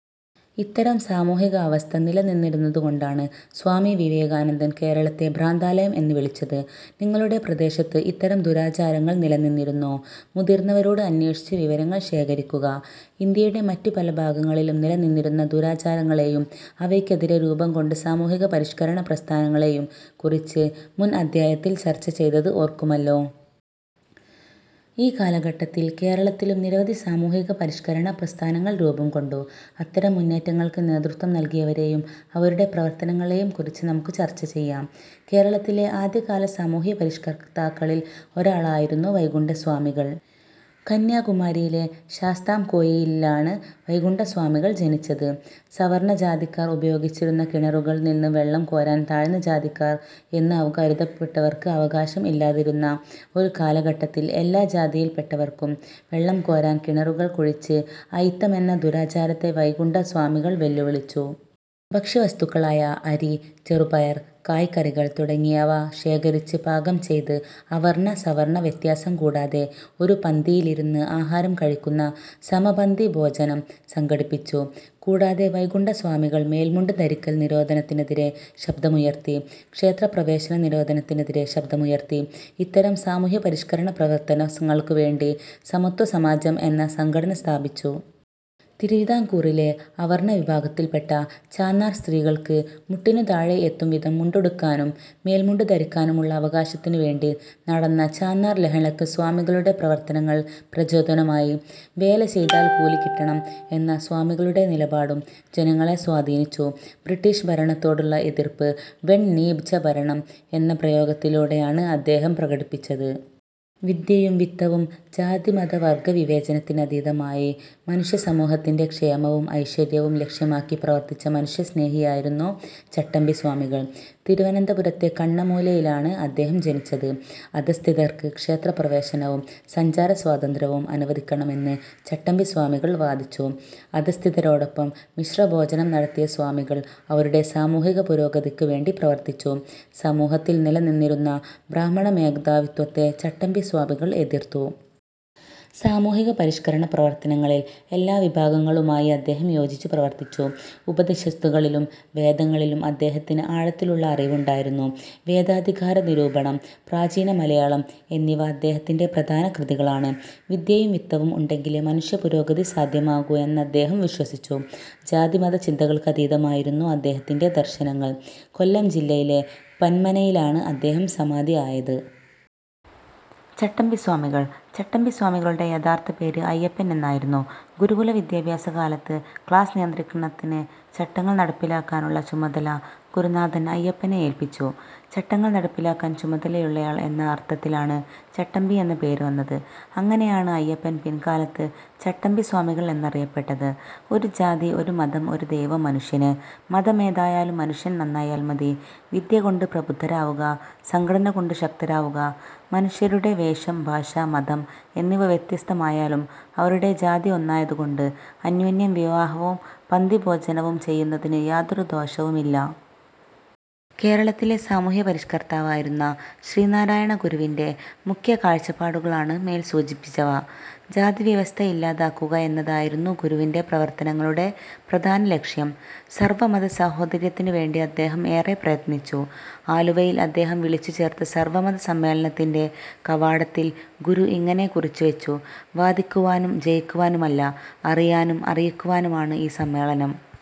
ഇത്തരം സാമൂഹികാവസ്ഥ നിലനിന്നിരുന്നതുകൊണ്ടാണ് സ്വാമി വിവേകാനന്ദൻ കേരളത്തെ ഭ്രാന്താലയം' എന്ന് വിളിച്ചത്. നിങ്ങളുടെ പ്രദേശത്ത് ഇത്തരം ദുരാചാരങ്ങൾ നിലനിന്നിരുന്നോ? മുതിർന്നവരോട് അന്വേഷിച്ച് വിവരങ്ങൾ ശേഖരിക്കുക. ഇന്ത്യയുടെ മറ്റ് പല ഭാഗങ്ങളിലും നിലനിന്നിരുന്ന ദുരാചാരങ്ങളെയും അവയ്ക്കെതിരെ രൂപം കൊണ്ട് സാമൂഹിക പരിഷ്കരണ പ്രസ്ഥാനങ്ങളെയും കുറിച്ച് മുൻ അധ്യായത്തിൽ ചർച്ചചെയ്തത് ഓർക്കുമല്ലോ. ഇതേ കാലഘട്ടത്തിൽ കേരളത്തിലും നിരവധി സാമൂഹിക പരിഷ്കരണ പ്രസ്ഥാനങ്ങൾ രൂപം കൊണ്ടു. അത്തരം മുന്നേറ്റങ്ങൾക്ക് നേതൃത്വം നൽകിയവരെയും അവരുടെ പ്രവർത്തനങ്ങളെയും കുറിച്ച് നമുക്ക് ചർച്ച ചെയ്യാം. കേരളത്തിലെ ആദ്യകാല സാമൂഹ്യപരിഷ്ക്കർത്താക്കളിൽ ഒരാളായിരുന്നു വൈകുണ്ഠസ്വാമികൾ. കന്യാകുമാരിയിലെ ശാസ്താംകോയിലിലാണ് വൈകുണ്ഠ സ്വാമികൾ ജനിച്ചത്. സവർണ്ണജാതിക്കാർ ഉപയോഗിച്ചിരുന്ന കിണറുകളിൽ നിന്ന് വെള്ളം കോരാൻ താഴ്ന്നജാതിക്കാർ എന്ന് കരുതപ്പെട്ടവർക്ക് അവകാശം ഇല്ലാതിരുന്ന ഒരു കാലഘട്ടത്തിൽ എല്ലാ ജാതിയിൽപ്പെട്ടവർക്കും വെള്ളം കോരാൻ കിണറുകൾ കുഴിച്ച് അയിത്തമെന്ന ദുരാചാരത്തെ വൈകുണ്ഠ സ്വാമികൾ വെല്ലുവിളിച്ചു. ഭക്ഷ്യവസ്തുക്കളായ അരി, ചെറുപയർ, കായ്കറികൾ തുടങ്ങിയവ ശേഖരിച്ച് പാകം ചെയ്ത് അവർണ്ണ സവർണ്ണ വ്യത്യാസം കൂടാതെ ഒരു പന്തിയിലിരുന്ന് ആഹാരം കഴിക്കുന്ന സമപന്തി ഭോജനം സംഘടിപ്പിച്ചു. കൂടാതെ വൈകുണ്ഠസ്വാമികൾ മേൽമുണ്ട് ധരിക്കൽ നിരോധനത്തിനെതിരെ ശബ്ദമുയർത്തി. ക്ഷേത്രപ്രവേശന നിരോധനത്തിനെതിരെ ശബ്ദമുയർത്തി. ഇത്തരം സാമൂഹ്യപരിഷ്കരണപ്രവർത്തനങ്ങൾക്കുവേണ്ടി സമത്വസമാജം എന്ന സംഘടന സ്ഥാപിച്ചു. തിരുവിതാംകൂറിലെ അവർണ്ണ വിഭാഗത്തിൽപ്പെട്ട ചാന്നാർ സ്ത്രീകൾക്ക് മുട്ടിനുതാഴെ എത്തും വിധം മുണ്ടുടുക്കാനും മേൽമുണ്ട് ധരിക്കാനുമുള്ള അവകാശത്തിനുവേണ്ടി നടന്ന ചാന്നാർ ലഹളയ്ക്ക് സ്വാമികളുടെ പ്രവർത്തനങ്ങൾ പ്രചോദനമായി. "വേല ചെയ്താൽ കൂലി കിട്ടണം" എന്ന സ്വാമികളുടെ നിലപാടും ജനങ്ങളെ സ്വാധീനിച്ചു. ബ്രിട്ടീഷ് ഭരണത്തോടുള്ള എതിർപ്പ് "വെൺ നീചഭരണം' എന്ന പ്രയോഗത്തിലൂടെയാണ് അദ്ദേഹം പ്രകടിപ്പിച്ചത്. വിദ്യയും വിത്തവും ജാതിമത വർഗ്ഗ വിവേചനത്തിനതീതമായി മനുഷ്യസമൂഹത്തിന്റെ ക്ഷേമവും ഐശ്വര്യവും ലക്ഷ്യമാക്കി പ്രവർത്തിച്ച മനുഷ്യ സ്നേഹിയായിരുന്നു ചട്ടമ്പി സ്വാമികൾ. തിരുവനന്തപുരത്തെ കണ്ണമൂലയിലാണ് അദ്ദേഹം ജനിച്ചത്. അധഃസ്ഥിതർക്ക് ക്ഷേത്രപ്രവേശനവും സഞ്ചാരസ്വാതന്ത്ര്യവും അനുവദിക്കണമെന്ന് ചട്ടമ്പിസ്വാമികൾ വാദിച്ചു. അധഃസ്ഥിതരോടൊപ്പം മിശ്രഭോജനം നടത്തിയ സ്വാമികൾ അവരുടെ സാമൂഹിക പുരോഗതിക്കുവേണ്ടി പ്രവർത്തിച്ചു. സമൂഹത്തിൽ നില നിന്നിരുന്ന ബ്രാഹ്മണമേധാവിത്വത്തെ ചട്ടമ്പിസ്വാമികൾ എതിർത്തു. സാമൂഹികപരിഷ്കരണ പ്രവർത്തനങ്ങളിൽ എല്ലാവിഭാഗങ്ങളുമായി അദ്ദേഹം യോജിച്ചു പ്രവർത്തിച്ചു. ഉപനിഷത്തുകളിലും വേദങ്ങളിലും അദ്ദേഹത്തിന് ആഴത്തിലുള്ള അറിവ് ഉണ്ടായിരുന്നു. ""വേദാധികാരനിരൂപണം', ""പ്രാചീനമലയാളം' എന്നിവ അദ്ദേഹത്തിന്റെ പ്രധാന കൃതികളാണ്. ""വിദ്യയും വിത്തവും' ഉണ്ടെങ്കിലേ മനുഷ്യപുരോഗതി സാധ്യമാകൂ എന്നദ്ദേഹം വിശ്വസിച്ചു. ജാതി മത ചിന്തകൾക്കതീതമായിരുന്നു അദ്ദേഹത്തിന്റെ ദർശനങ്ങൾ. കൊല്ലം ജില്ലയിലെ പന്മനയിലാണ് അദ്ദേഹം സമാധി ആയത്. ചട്ടമ്പി സ്വാമികൾ ചട്ടമ്പിസ്വാമികളുടെ യഥാർത്ഥ പേര് അയ്യപ്പൻ എന്നായിരുന്നു. ഗുരുകുല വിദ്യാഭ്യാസകാലത്ത് ക്ലാസ് നിയന്ത്രണത്തിന് ചട്ടങ്ങൾ നടപ്പിലാക്കാനുള്ള ചുമതല ഗുരുനാഥൻ അയ്യപ്പനെ ഏൽപ്പിച്ചു. ചട്ടങ്ങൾ നടപ്പിലാക്കാൻ ചുമതലയുള്ളയാൾ എന്ന അർത്ഥത്തിലാണ് ചട്ടമ്പി എന്ന പേര് വന്നത്. അങ്ങനെയാണ് അയ്യപ്പൻ പിൽക്കാലത്ത് ചട്ടമ്പി സ്വാമികൾ എന്നറിയപ്പെട്ടത്. "ഒരു ജാതി ഒരു മതം ഒരു ദൈവം മനുഷ്യന്' ", "മതമേതായാലും മനുഷ്യൻ നന്നായാൽ മതി', ""വിദ്യകൊണ്ട് പ്രബുദ്ധരാവുക, സംഘടന കൊണ്ട് ശക്തരാകുക' "മനുഷ്യരുടെ വേഷം, ഭാഷ, മതം എന്നിവ വ്യത്യസ്തമായാലും അവരുടെ ജാതി ഒന്നായതുകൊണ്ട്, അന്യോന്യം വിവാഹവും പന്തിഭോജനവും ചെയ്യുന്നതിന് യാതൊരു ദോഷവുമില്ല. ' കേരളത്തിലെ സാമൂഹ്യപരിഷ്കർത്താവായിരുന്ന ശ്രീനാരായണ ഗുരുവിന്റെ മുഖ്യ കാഴ്ചപ്പാടുകളാണ് മേൽ സൂചിപ്പിച്ചവ. ജാതിവ്യവസ്ഥ ഇല്ലാതാക്കുക എന്നതായിരുന്നു ഗുരുവിന്റെ പ്രവർത്തനങ്ങളുടെ പ്രധാനലക്ഷ്യം. സർവ്വമത സാഹോദര്യത്തിനുവേണ്ടി അദ്ദേഹം ഏറെ പ്രയത്നിച്ചു. ആലുവയിൽ അദ്ദേഹം വിളിച്ചുചേർത്ത സർവ്വമത സമ്മേളനത്തിന്റെ കവാടത്തിൽ ഗുരു ഇങ്ങനെ കുറിച്ചുവച്ചു. വാദിക്കുവാനും ജയിക്കുവാനുമല്ല, അറിയാനും അറിയിക്കുവാനുമാണ് ഈ സമ്മേളനം.